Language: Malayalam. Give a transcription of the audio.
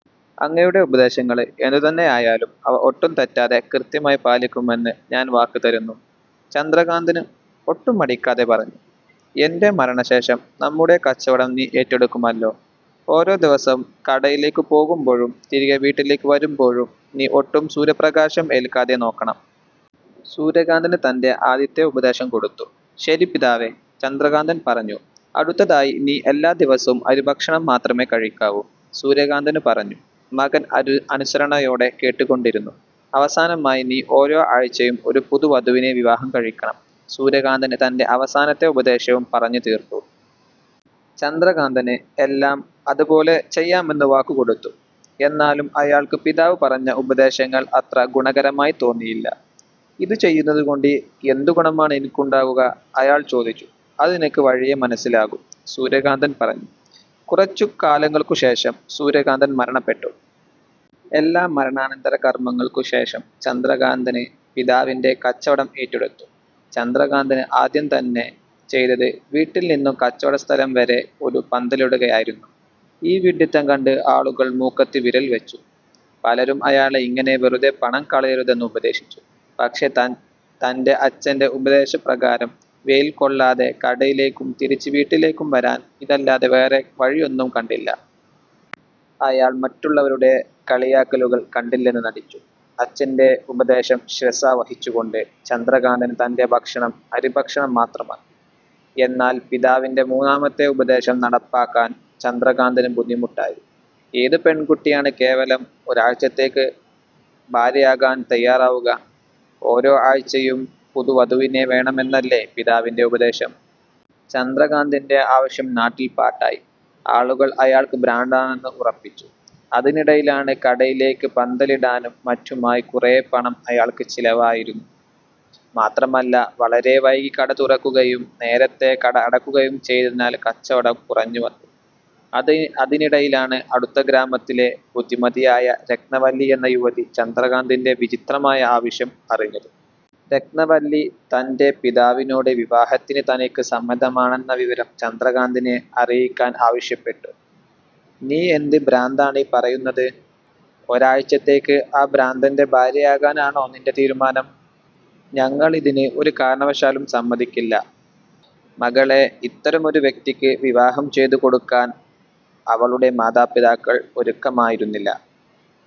അങ്ങയുടെ ഉപദേശങ്ങള് എന്തു തന്നെയായാലും അവ ഒട്ടും തെറ്റാതെ കൃത്യമായി പാലിക്കുമെന്ന് ഞാന് വാക്ക് തരുന്നു. " ചന്ദ്രകാന്തന് ഒട്ടും മടിക്കാതെ പറഞ്ഞു. "ഏന്റെ മരണശേഷം നമ്മുടെ കച്ചവടം നീ ഏറ്റെടുക്കുമല്ലോ? ഓരോ ദിവസവും കടയിലേയ്ക്ക് പോകുമ്പോഴും, തിരികെ വീട്ടിലേയ്ക്ക് വരുമ്പോഴും നീ ഒട്ടും സൂര്യപ്രകാശം എല്ക്കാതെ നോക്കണം". സൂര്യകാന്തന് തന്റെ ആദ്യത്തെ ഉപദേശം കൊടുത്തു. "ശരി പിതാവേ". ചന്ദ്രകാന്തന് പറഞ്ഞു. "അടുത്തതായി നീ എല്ലാ ദിവസവും അരി ഭക്ഷണം മാത്രമേ കഴിക്കാവൂ" സൂര്യകാന്തന് പറഞ്ഞു. മകന് അനുസരണയോടെ കേട്ടുകൊണ്ടിരുന്നു. "അവസാനമായി, നീ ഓരോ ആഴ്ചയും ഒരു പുതിയ വധുവിനെ വിവാഹം കഴിക്കണം" സൂര്യകാന്തന് തന്റെ അവസാനത്തെ ഉപദേശവും പറഞ്ഞു തീര്ത്തു. ചന്ദ്രകാന്തന് എല്ലാം അത് പോലെ ചെയ്യാമെന്ന് വാക്ക് കൊടുത്തു. എന്നാലും അയാള്ക്ക് പിതാവ് പറഞ്ഞ ഉപദേശങ്ങള് അത്ര ഗുണകരമായി തോന്നിയില്ല. "ഇത് ചെയ്യുന്നത് കൊണ്ട് എന്തു ഗുണമാണ് എനിക്കുണ്ടാകുക? " അയാള് ചോദിച്ചു "അത് നിനക്ക് വഴിയേ മനസ്സിലാകും" സൂര്യകാന്തന് പറഞ്ഞു. കുറച്ചു കാലങ്ങള്ക്ക് ശേഷം സൂര്യകാന്തന് മരണപ്പെട്ടു. എല്ലാ മരണാനന്തര കര്മ്മങ്ങൾക്കും ശേഷം ചന്ദ്രകാന്തന് പിതാവിന്റെ കച്ചവടം ഏറ്റെടുത്തു. ചന്ദ്രകാന്തന് ആദ്യം തന്നെ ചെയ്തത് വീട്ടില് നിന്നും കച്ചവടസ്ഥലം വരെ ഒരു പന്തലിടുകയായിരുന്നു. ഈ വിഡ്ഡിത്തം കണ്ടു ആളുകള് മൂക്കത്ത് വിരല് വെച്ചു. പലരും അയാളെ ഇങ്ങനെ വെറുതെ പണം കളയരുതെന്ന് ഉപദേശിച്ചു. പക്ഷേ തന്റെ അച്ചന്റെ ഉപദേശപ്രകാരം വെയില് കൊള്ളാതെ കടയിലേക്കും തിരിച്ചു വീട്ടിലേക്കും വരാന് ഇതല്ലാതെ വേറെ വഴിയൊന്നും കണ്ടില്ല. അയാള് മറ്റുള്ളവരുടെ കളിയാക്കള് കണ്ടില്ലെന്നു നടിച്ചു. അച്ചന്റെ ഉപദേശം ശിരസാ വഹിച്ചു കൊണ്ട് ചന്ദ്രകാന്തന് തന്റെ ഭക്ഷണം അരിഭക്ഷണം മാത്രമാക്കി. എന്നാല് പിതാവിന്റെ മൂന്നാമത്തെ ഉപദേശം നടപ്പാക്കാന് ചന്ദ്രകാന്തന് ബുദ്ധിമുട്ടായി. ഏത് പെണ്കുട്ടിയാണ് കേവലം ഒരാഴ്ചത്തേയ്ക്ക് ഭാര്യയാകാന് തയ്യാറാകുക? ഓരോ ആഴ്ചയും പുതിയ വധുവിനെ വേണമെന്നല്ലേ പിതാവിന്റെ ഉപദേശം? ചന്ദ്രകാന്തന്റെ ആവശ്യം നാട്ടില് പാട്ടായി. ആളുകള് അയാള്ക്ക് ഭ്രാന്താണെന്ന് ഉറപ്പിച്ചു. അതിനിടയില് കടയിലേയ്ക്ക് പന്തലിടാനും മറ്റുമായി കുറെ പണം അയാള്ക്ക് ചിലവായിരുന്നു. മാത്രമല്ല, വളരെ വൈകി കട തുറക്കുകയും നേരത്തെ അടക്കുകയും ചെയ്തതിനാല് കച്ചവടം കുറഞ്ഞ് വന്നു. അതിനിടയിലാണ് അടുത്ത ഗ്രാമത്തിലെ ബുദ്ധിമതിയായ രത്നവല്ലി എന്ന യുവതി ചന്ദ്രകാന്തന്റെ വിചിത്രമായ ആവശ്യം അറിഞ്ഞത്. രത്നവല്ലി തന്റെ പിതാവിനോട് വിവാഹത്തിന് തനിക്ക് സമ്മതമാണെന്ന വിവരം ചന്ദ്രകാന്തനെ അറിയിക്കാന് ആവശ്യപ്പെട്ടു. "നീ എന്ത് ഭ്രാന്താണീ പറയുന്നതു. ഒരാഴ്ചത്തേയ്ക്ക് ആ ഭ്രാന്തന്റെ ഭാര്യയാകാനാണോ നിന്റെ തീരുമാനം? ഞങ്ങള് ഇതിന് ഒരു കാരണവശാലും സമ്മതിക്കില്ല. " മകളെ ഇത്തരമൊരു വ്യക്തിക്ക് വിവാഹം ചെയ്തു കൊടുക്കാന് അവളുടെ മാതാപിതാക്കള് ഒരുക്കമായിരുന്നില്ല.